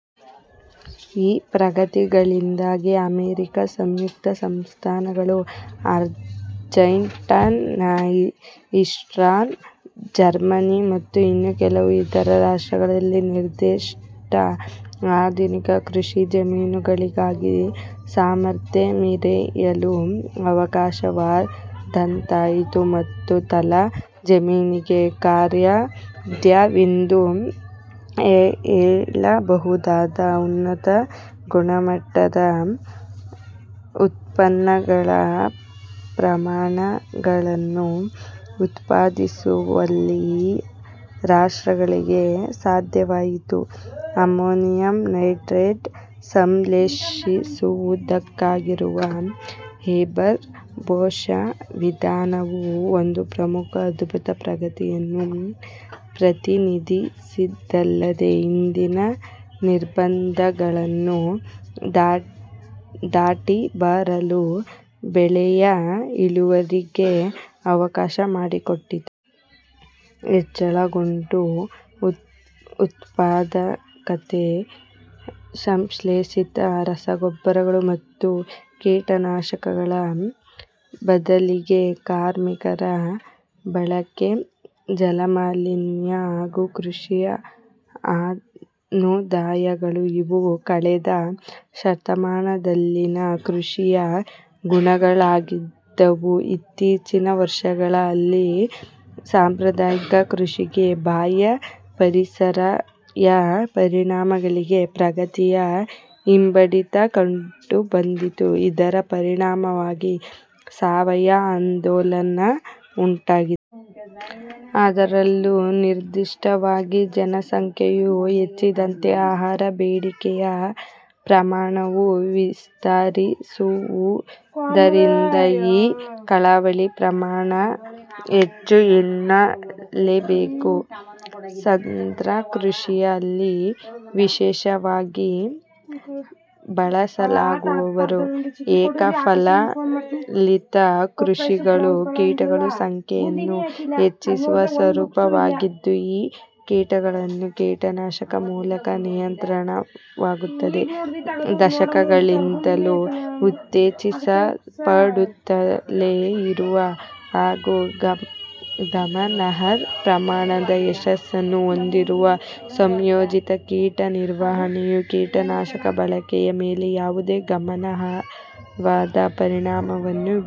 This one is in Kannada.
ಈ ಪ್ರಗತಿಗಳಿಂದಾಗಿ ಅಮೆರಿಕ ಸಂಯುಕ್ತ ಸಂಸ್ಥಾನಗಳು, ಅರ್ಜೆಂಟೈನಾ, ಇಸ್ರೇಲ್, ಜರ್ಮನಿ, ಮತ್ತು ಇನ್ನು ಕೆಲವು ಇತರ ರಾಷ್ಟ್ರಗಳಲ್ಲಿನ ನಿರ್ದಿಷ್ಟ ಆಧುನಿಕ ಕೃಷಿಜಮೀನುಗಳಿಗೆ ಸಾಮರ್ಥ್ಯ ಮೆರೆಯಲು ಅವಕಾಶವಾದಂತಾಯಿತು, ಮತ್ತು ತಲಾ ಜಮೀನಿಗೆ ಕಾರ್ಯಸಾಧ್ಯವೆಂದು ಹೇಳಬಹುದಾದ ಉನ್ನತ-ಗುಣಮಟ್ಟದ ಉತ್ಪನ್ನಗಳ ಪ್ರಮಾಣಗಳನ್ನು ಉತ್ಪಾದಿಸುವಲ್ಲಿ ಆ ರಾಷ್ಟ್ರಗಳಿಗೆ ಸಾಧ್ಯವಾಯಿತು. ಅಮೋನಿಯಂ ನೈಟ್ರೇಟ್ ಸಂಶ್ಲೇಷಿಸುವುದಕ್ಕಾಗಿರುವ ಹೇಬರ್-ಬೋಷ್ ವಿಧಾನವು ಒಂದು ಪ್ರಮುಖ ಅದ್ಭುತ ಪ್ರಗತಿಯನ್ನು ಪ್ರತಿನಿಧಿಸಿದ್ದಲ್ಲದೇ, ಹಿಂದಿದ್ದ ನಿರ್ಬಂಧಗಳನ್ನು ದಾಟಿಬರಲು ಬೆಳೆಯ ಇಳುವರಿಗಳಿಗೆ ಅವಕಾಶಮಾಡಿಕೊಟ್ಟಿತು. ಹೆಚ್ಚಳಗೊಂಡ ಉತ್ಪಾದಕತೆ, ಸಂಶ್ಲೇಷಿತ ರಸಗೊಬ್ಬರಗಳು ಮತ್ತು ಕೀಟನಾಶಕಗಳ ಬದಲಿಗೆ ಕಾರ್ಮಿಕರ ಬಳಕೆ, ಜಲಮಾಲಿನ್ಯ, ಹಾಗೂ ಕೃಷಿ ಅನುದಾನಗಳು- ಇವು ಕಳೆದ ಶತಮಾನದಲ್ಲಿನ ಕೃಷಿಯ ಗುಣಲಕ್ಷಣಗಳಾಗಿದ್ದವು. ಇತ್ತೀಚಿನ ವರ್ಷಗಳಲ್ಲಿ, ಸಾಂಪ್ರದಾಯಿಕ ಕೃಷಿಯ ಬಾಹ್ಯ ಪರಿಸರೀಯ ಪರಿಣಾಮಗಳಿಗೆ ಪ್ರತಿಯಾಗಿ ಹಿಂಬಡಿತ ಕಂಡುಬಂದಿದ್ದು, ಇದರ ಪರಿಣಾಮವಾಗಿ ಸಾವಯವ ಆಂದೋಲನ ಉಂಟಾಗಿದೆ. ಅದರಲ್ಲೂ ನಿರ್ದಿಷ್ಟವಾಗಿ, ಜನಸಂಖ್ಯೆಯು ಹೆಚ್ಚಾದಂತೆ ಆಹಾರದ ಬೇಡಿಕೆಯ ಪ್ರಮಾಣವೂ ವಿಸ್ತರಿಸುವುದರಿಂದ ಈ ಕಳವಳದ ಪ್ರಮಾಣ ಹೆಚ್ಚು ಎನ್ನಲೇಬೇಕು. ಸಾಂದ್ರ ಕೃಷಿಯಲ್ಲಿ ವಿಶಿಷ್ಟವಾಗಿ ಬಳಸಲಾಗಿರುವ ಏಕಫಸಲಿನ ಕೃಷಿಗಳು ಕೀಟಗಳ ಸಂಖ್ಯೆಯನ್ನು ಹೆಚ್ಚಿಸುವ ಸ್ವರೂಪದ್ದಾಗಿದ್ದು, ಈ ಕೀಟಗಳನ್ನು ಕೀಟನಾಶಕಗಳ ಮೂಲಕ ನಿಯಂತ್ರಿಸಲಾಗುತ್ತದೆ. "ದಶಕಗಳಿಂದಲೂ ಉತ್ತೇಜಿಸಲ್ಪಡುತ್ತಲೇ ಇರುವ ಹಾಗೂ ಗಮನಾರ್ಹ ಪ್ರಮಾಣದ ಯಶಸ್ಸನ್ನೂ ಹೊಂದಿರುವ" ಸಂಯೋಜಿತ ಕೀಟ ನಿರ್ವಹಣೆಯು, ಕೀಟನಾಶಕಗಳ ಬಳಕೆಯ ಮೇಲೆ ಯಾವುದೇ ಗಮನಾರ್ಹವಾದ ಪರಿಣಾಮವನ್ನೂ ಬೀರಿಲ್ಲ.